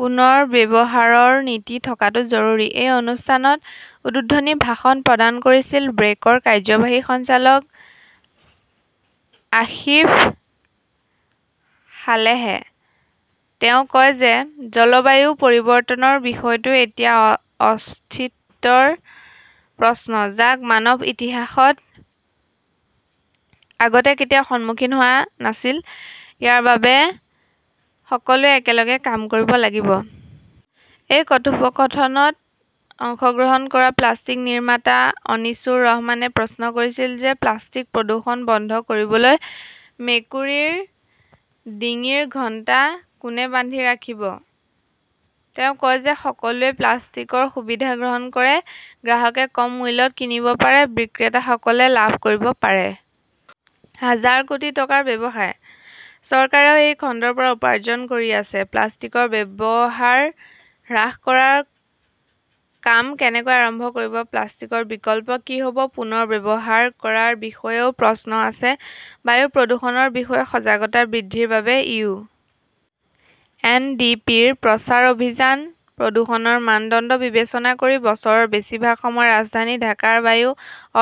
পুনৰ্ব্যৱহাৰৰ নীতি থকাটো জৰুৰী। এই অনুষ্ঠানত উদ্বোধনী ভাষণ প্ৰদান কৰিছিল ব্ৰেকৰ কাৰ্যবাহী সঞ্চালক আসিফ সালেহে। তেওঁ কয় যে জলবায়ু পৰিৱৰ্তনৰ বিষয়টো এতিয়া অস্তিত্বৰ প্ৰশ্ন, যাক মানৱ ইতিহাসত আগতে কেতিয়াও সন্মুখীন হোৱা নাছিল। ইয়াৰ বাবে সকলোৱে একেলগে কাম কৰিব লাগিব। এই কথোপকথনত অংশগ্ৰহণ কৰা প্লাষ্টিক নিৰ্মাতা অনিছুৰ ৰহমানে প্ৰশ্ন কৰিছিল যে প্লাষ্টিক প্ৰদূষণ বন্ধ কৰিবলৈ 'মেকুৰীৰ ডিঙিৰ ঘণ্টা কোনে বান্ধি ৰাখিব । তেওঁ কয় যে সকলোৱে প্লাষ্টিকৰ সুবিধা গ্ৰহণ কৰে। গ্ৰাহকে কম মূল্যত কিনিব পাৰে, বিক্ৰেতাসকলে লাভ কৰিব পাৰে। হাজাৰ কোটি টকাৰ ব্যৱসায়। চৰকাৰেও এই খণ্ডৰ পৰা উপাৰ্জন কৰি আছে। প্লাষ্টিকৰ ব্যৱহাৰ হ্ৰাস কৰাৰ কাম কেনেকৈ আৰম্ভ কৰিব, প্লাষ্টিকৰ বিকল্প কি হ’ব, পুনৰ ব্যৱহাৰ কৰাৰ বিষয়েও প্ৰশ্ন আছে। বায়ু প্ৰদূষণৰ বিষয়ে সজাগতা বৃদ্ধিৰ বাবে ইউ. এন ডি পি ৰ প্ৰচাৰ অভিযান প্ৰদূষণৰ মানদণ্ড বিবেচনা কৰি বছৰৰ বেছিভাগ সময় ৰাজধানী ঢাকাৰ বায়ু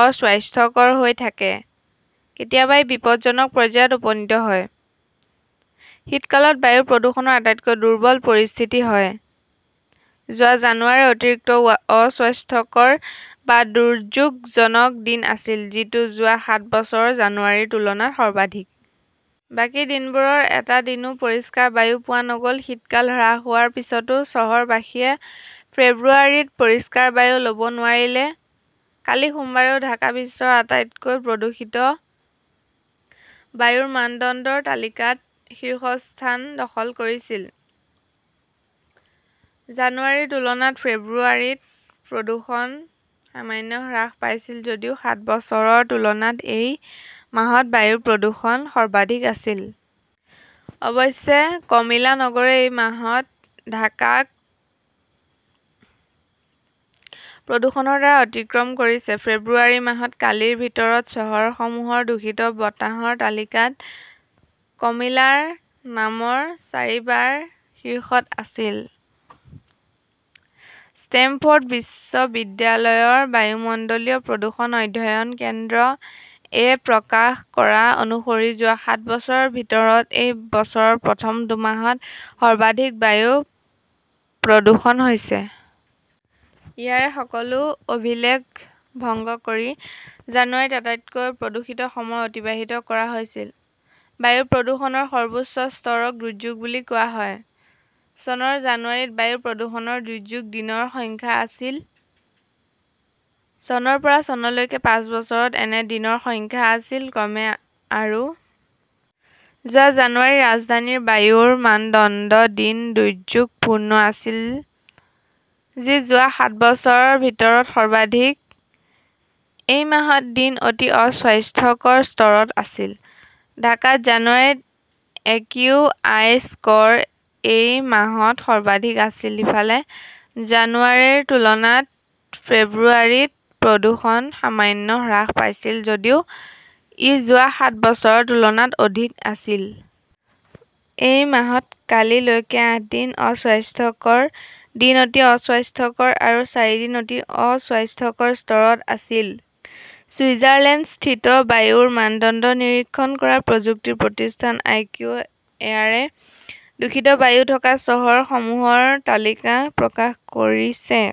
অস্বাস্থ্যকৰ হৈ থাকে। কেতিয়াবা ই বিপদজনক পৰ্যায়ত উপনীত হয়। শীতকালত বায়ু প্ৰদূষণৰ আটাইতকৈ দুৰ্বল পৰিস্থিতি হয়। যোৱা জানুৱাৰীত অতিৰিক্ত অস্বাস্থ্যকৰ বা দুৰ্যোগজনক দিন আছিল, যিটো যোৱা সাত বছৰৰ জানুৱাৰীৰ তুলনাত সৰ্বাধিক। বাকী দিনবোৰৰ এটা দিনও পৰিষ্কাৰ বায়ু পোৱা নগ’ল। শীতকাল হ্ৰাস হোৱাৰ পিছতো চহৰবাসীয়ে ফেব্ৰুৱাৰীত পৰিষ্কাৰ বায়ু ল’ব নোৱাৰিলে। কালি সোমবাৰেও ঢাকা বিশ্বৰ আটাইতকৈ প্ৰদূষিত বায়ুৰ মানদণ্ডৰ তালিকাত শীৰ্ষস্থান দখল কৰিছিল। জানুৱাৰীৰ তুলনাত ফেব্ৰুৱাৰীত প্ৰদূষণ সামান্য হ্ৰাস পাইছিল যদিও সাত বছৰৰ তুলনাত এই মাহত বায়ু প্ৰদূষণ সৰ্বাধিক আছিল। অৱশ্যে, কমিলা নগৰে এই মাহত ঢাকাক প্ৰদূষণৰ দ্বাৰা অতিক্ৰম কৰিছে। ফেব্ৰুৱাৰী মাহত কালিৰ ভিতৰত চহৰসমূহৰ দূষিত বতাহৰ তালিকাত কমিলাৰ নাম চাৰিবাৰ শীৰ্ষত আছিল। ষ্টেমফৰ্ড বিশ্ববিদ্যালয়ৰ বায়ুমণ্ডলীয় প্ৰদূষণ অধ্যয়ন কেন্দ্ৰ এ প্ৰকাশ কৰা অনুসৰি যোৱা সাত বছৰৰ ভিতৰত এই বছৰৰ প্ৰথম দুমাহত সৰ্বাধিক বায়ু প্ৰদূষণ হৈছে। ইয়াৰে সকলো অভিলেখ ভংগ কৰি জানুৱাৰীত আটাইতকৈ প্ৰদূষিত সময় অতিবাহিত কৰা হৈছিল। বায়ু প্ৰদূষণৰ সৰ্বোচ্চ স্তৰক দুৰ্যোগ বুলি কোৱা হয়। চনৰ জানুৱাৰীত বায়ু প্ৰদূষণৰ দুৰ্যোগ দিনৰ সংখ্যা আছিল। চনৰ পৰা চনলৈকে পাঁচ বছৰত এনে দিনৰ সংখ্যা আছিল ক্ৰমে, আৰু। যোৱা জানুৱাৰীত ৰাজধানীৰ বায়ুৰ মানদণ্ড দিন দুৰ্যোগপূৰ্ণ আছিল, যি যোৱা সাত বছৰৰ ভিতৰত সৰ্বাধিক। এই মাহত দিন অতি অস্বাস্থ্যকৰ স্তৰত আছিল। ঢাকাত জানুৱাৰীত একিউআই স্কৰ এই মাহত সৰ্বাধিক আছিল। ইফালে, জানুৱাৰীৰ তুলনাত ফেব্ৰুৱাৰীত প্ৰদূষণ সামান্য হ্ৰাস পাইছিল যদিও ই যোৱা সাত বছৰৰ তুলনাত অধিক আছিল। এই মাহত কালি লৈকে আঠ দিন অস্বাস্থ্যকৰ, দিন অতি অস্বাস্থ্যকৰ আৰু চাৰিদিন অতি অস্বাস্থ্যকৰ স্তৰত আছিল। ছুইজাৰলেণ্ডস্থিত বায়ুৰ মানদণ্ড নিৰীক্ষণ কৰা প্ৰযুক্তি প্ৰতিষ্ঠান আইকিউ এয়াৰে দূষিত বায়ু থকা চহৰসমূহৰ তালিকা প্ৰকাশ কৰিছে।